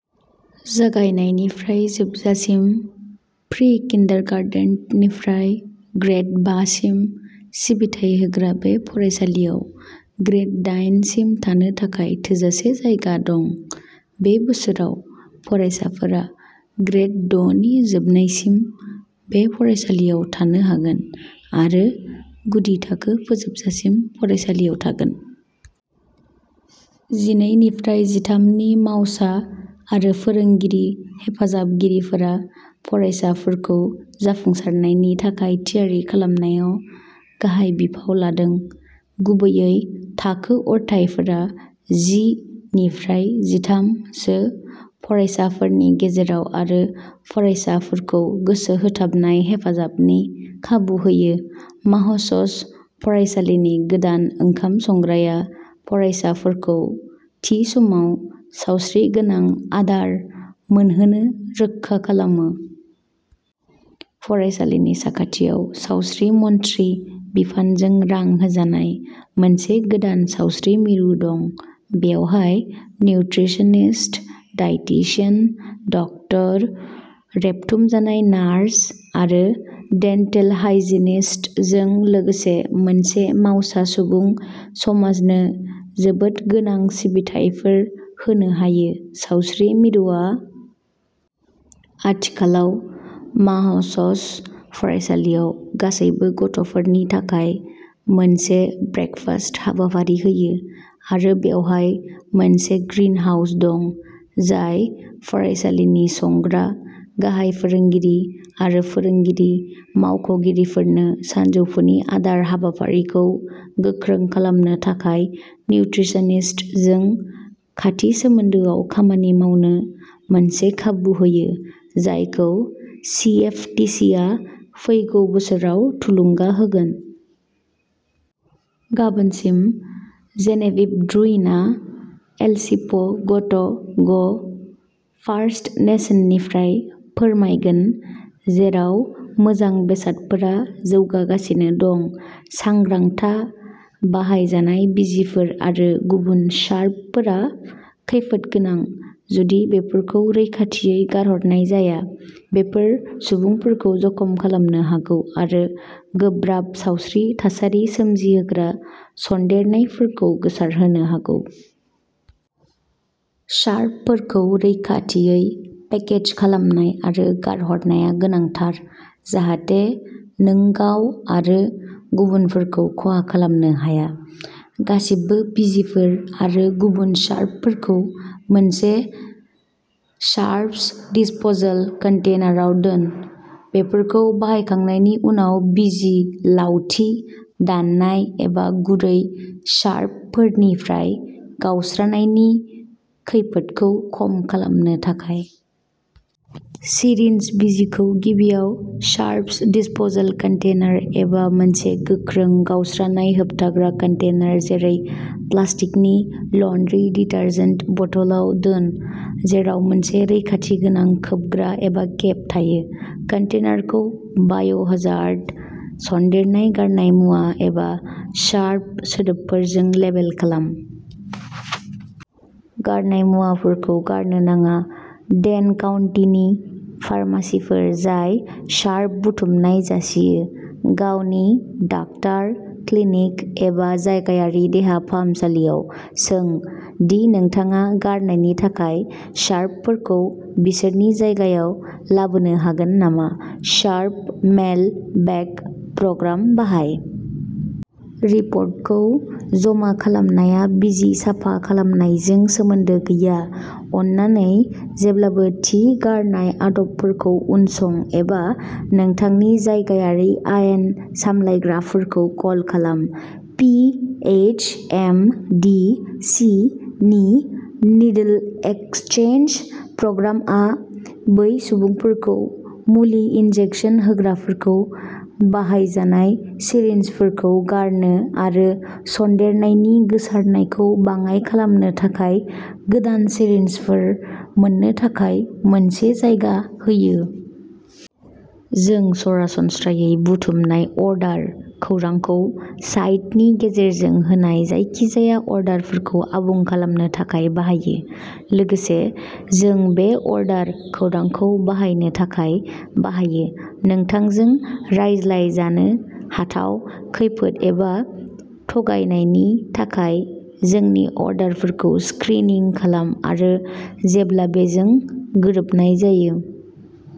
जागायनायनिफ्राय जोबजासिम। प्रि-किन्डारगार्टेननिफ्राय ग्रेड बा सिम सिबिथाय होग्रा बे फरायसालियाव ग्रेड दायेन सिम थानो थाखाय थोजासे जायगा दं। बे बोसोराव, फरायसाफोरा ग्रेड द' नि जोबनायसिम बे फरायसालियाव थानो हागोन आरो गुदि थाखो फोजोबजासिम फरायसालियाव थागोन। जिनै निफ्राय जिथाम नि मावसा आरो फोरोंगिरि हेफाजाबगिरिफोरा फरायसाफोरखौ जाफुंसारनायनि थाखाय थियारि खालामनायाव गाहाय बिफाव लादों, गुबैयै थाखो अरथाइफोरा जि निफ्राय जिथाम सो फरायसाफोरनि गेजेराव आरो फरायसाफोरखौ गोसो होथाबनाय हेफाजाबनि खाबु होयो। माह-स'स फरायसालिनि गोदान ओंखाम संग्राया फरायसाफोरखौ थि समाव सावस्रिगोनां आदार मोनहोनो रोखा खालामो। फरायसालिनि साखाथियाव सावस्रि मन्थ्रि बिफानजों रां होजानाय मोनसे गोदान सावस्रि मिरु दं। बेवहाय, निउत्रिसनिस्ट, डायेटिशियान, डक्टर, रेबथुमजानाय नार्स आरो डेन्टेल हाइजिनिस्टजों लोगोसे मोनसे मावसा सुबुं समाजनो जोबोद गोनां सिबिथायफोर होनो हायो। सावस्रि मिरुआ आथिखालाव माह-स'स फरायसालिआव गासैबो गथ'फोरनि थाखाय मोनसे ब्रेकफास्ट हाबाफारि होयो आरो बेवहाय मोनसे ग्रिनहाउस दं, जाय फरायसालिनि संग्रा, गाहाय फोरोंगिरि आरो फोरोंगिरि मावख'गिरिफोरनो सानजौफुनि आदार हाबाफारिखौ गोख्रों खालामनो थाखाय निउत्रिसनिस्टजों खाथि सोमोन्दोआव खामानि मावनो मोनसे खाबु होयो, जायखौ सिएफटिसिआ फैगौ बोसोराव थुलुंगा होगोन। गाबोनसिम, जेनेभिभ ड्रुइनआ एलसिप' गट' ग फार्स्ट नेशननिफ्राय फोरमायगोन-जेराव मोजां बेसादफोरा जौगागासिनो दं। सांग्रां था, बाहायजानाय बिजिफोर आरो गुबुन शार्पफोरा खैफोद गोनां जुदि बेफोरखौ रैखाथियै गारहरनाय जाया-बेफोर सुबुंफोरखौ जखम खालामनो हागौ आरो गोब्राब सावस्रि थासारि सोमजिहोग्रा सन्देरनायफोरखौ गोसारहोनो हागौ। शार्पफोरखौ रैखाथियै पेकेज खालामनाय आरो गारहरनाया गोनांथार जाहाथे नोंगाव आरो गुबुनफोरखौ खहा खालामनो हाया। गासिबो बिजिफोर आरो गुबुन शार्पफोरखौ मोनसे शार्प्स दिस्प'सल कन्टेनाराव दोन, बेफोरखौ बाहायखांनायनि उनावनो बिजि-लावथि, दाननाय, एबा गुरै शार्पफोरनिफ्राय गावस्रानायनि खैफोदखौ खम खालामनो थाखाय। सिरिन्ज, बिजिखौ गिबियाव शार्प्स दिस्प'सल कन्टेनार एबा मोनसे गोख्रों, गावस्रानाय-होबथाग्रा कन्टेनार जेरै प्लास्टिकनि लान्ड्रि डिटारजेन्ट बथलआव दोन, जेराव मोनसे रैखाथि गोनां खोबग्रा एबा केप थायो। कन्टेनारखौ बाय' हजार्ड सन्देरनाय गारनाय मुवा, एबा शार्प सोदोबफोरजों लेबेल खालाम। गारनाय मुवाफोरखौ गारनो नाङा। डेन काउन्टीनि फार्मासिफोर जाय शार्प बुथुमनाय जासियो। गावनि डाक्टार, क्लिनिक एबा जायगायारि देहा फाहामसालियाव सों दि नोंथाङा गारनायनि थाखाय शार्पफोरखौ बिसोरनि जायगायाव लाबोनो हागोन नामा। शार्प मेल-बेक प्रग्राम बाहाय। रिपर्टखौ जमा खालामनाया बिजि साफा खालामनायजों सोमोन्दो गैया। अन्नानै जेब्लाबो थि गारनाय आदबफोरखौ उनसं। एबा नोंथांनि जायगायारि आयेन सामलायग्राफोरखौ कल खालाम। P H M D C नि नीडिल एकसचेन्ज प्रग्रामआ बै सुबुंफोरखौ मुलि इनजेकसन होग्राफोरखौ बाहायजानाय सिरिन्जफोरखौ गारनो आरो सन्देरनायनि गोसारनायखौ बाङाइ खालामनो थाखाय गोदान सिरिन्जफोर मोन्नो थाखाय मोनसे जायगा होयो। जों सरासनस्रायै बुथुमनाय अर्डार खौरांखौ साइटनि गेजेरजों होनाय जायखिजाया अर्डारफोरखौ आबुं खालामनो थाखाय बाहायो। लोगोसे, जों बे अर्डार खौरांखौ बाहायनो थाखाय बाहायो, नोंथांजों रायज्लाय जानो हाथाव खैफोद एबा थगायनायनि थाखाय जोंनि अर्डारफोरखौ स्क्रिनिं खालाम आरो जेब्ला बेजों गोरोबनाय जायो।